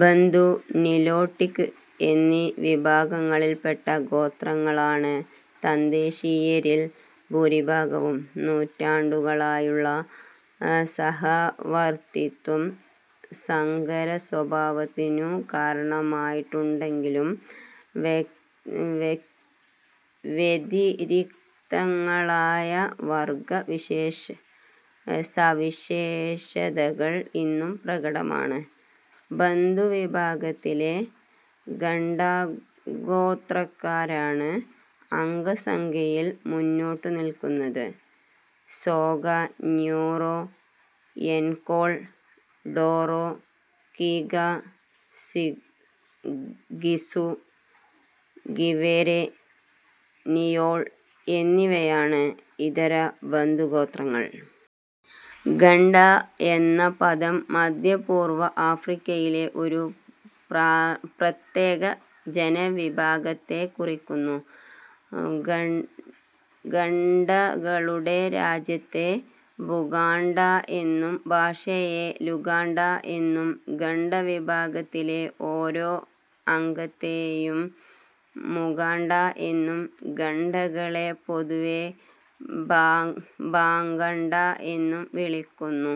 ബന്തു, നിലോട്ടിക് എന്നീ വിഭാഗങ്ങളിൽപ്പെട്ട ഗോത്രങ്ങളാണ് തദ്ദേശീയരിൽ പൂരിഭാഗവും. നൂറ്റാണ്ടുകളായുള്ള സഹവർത്തിത്വം സങ്കരസ്വഭാവത്തിനു കാരണമായിട്ടുണ്ടെങ്കിലും വ്യതിരിക്തങ്ങളായ വർഗ സവിശേഷതൾ ഇന്നും പ്രകടമാണ്. ബന്തു വിഭാഗത്തിലെ ഗണ്ടാഗോത്രക്കാരാണ് അംഗസംഖ്യയിൽ മുന്നിട്ടു നിൽക്കുന്നത്. സോഗ, ന്യോറോ, എൻകോൾ, ടോറോ, കീഗ, ഗിസു, ഗിവെരേ, നിയോൾ എന്നിവയാണ് ഇതര ബന്തുഗോത്രങ്ങൾ. ഗണ്ട എന്ന പദം മധ്യ പൂർവ ആഫ്രിക്കയിലെ ഒരു പ്രത്യേക ജനവിഭാഗത്തെ കുറിക്കുന്നു. ഗണ്ടകളുടെ രാജ്യത്തെ ബുഗാണ്ട എന്നും ഭാഷയെ ലുഗാണ്ട എന്നും ഗണ്ടവിഭാഗത്തിലെ ഓരോ അംഗത്തെയും മുഗാണ്ട എന്നും ഗണ്ടകളെ പൊതുവെ ബാഗണ്ട എന്നും വിളിക്കുന്നു.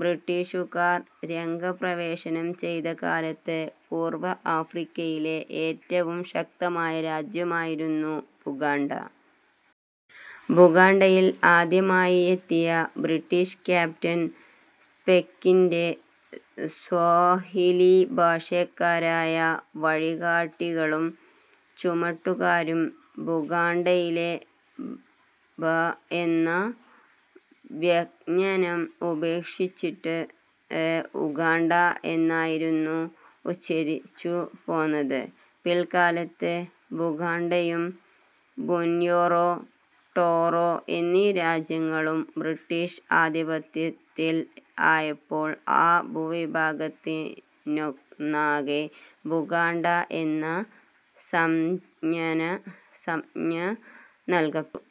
ബ്രിട്ടീഷുകാർ രംഗപ്രവേശംചെയ്ത കാലത്ത് പൂർവ ആഫ്രിക്കയിലെ ഏറ്റവും ശക്തമായ രാജ്യമായിരുന്നു ബുഗാണ്ട. ബുഗാണ്ടയിൽ ആദ്യമായി എത്തിയ ബ്രിട്ടീഷ് ക്യാപ്റ്റൻ സ്പെക്കിന്റെ സ്വാഹിലി ഭാഷക്കാരായ വഴികാട്ടികളും ചുമട്ടുകാരും ബുഗാണ്ടയിലെ ബ എന്ന വ്യഞ്ജനം ഉപേക്ഷിച്ചിട്ട് ഉഗാണ്ട എന്നാണ് ഉച്ചരിച്ചുപോന്നത്. പിൽക്കാലത്ത് ബുഗാണ്ടയും ബുൻയോറോ, ടോറോ എന്നീ രാജ്യങ്ങളും ബ്രിട്ടിഷ് ആധിപത്യത്തിൽ ആയപ്പോൾ ആ ഭൂവിഭാഗത്തിനൊന്നാകെ ഉഗാണ്ട എന്ന സംജ്ഞ നൽകപ്പെട്ടു.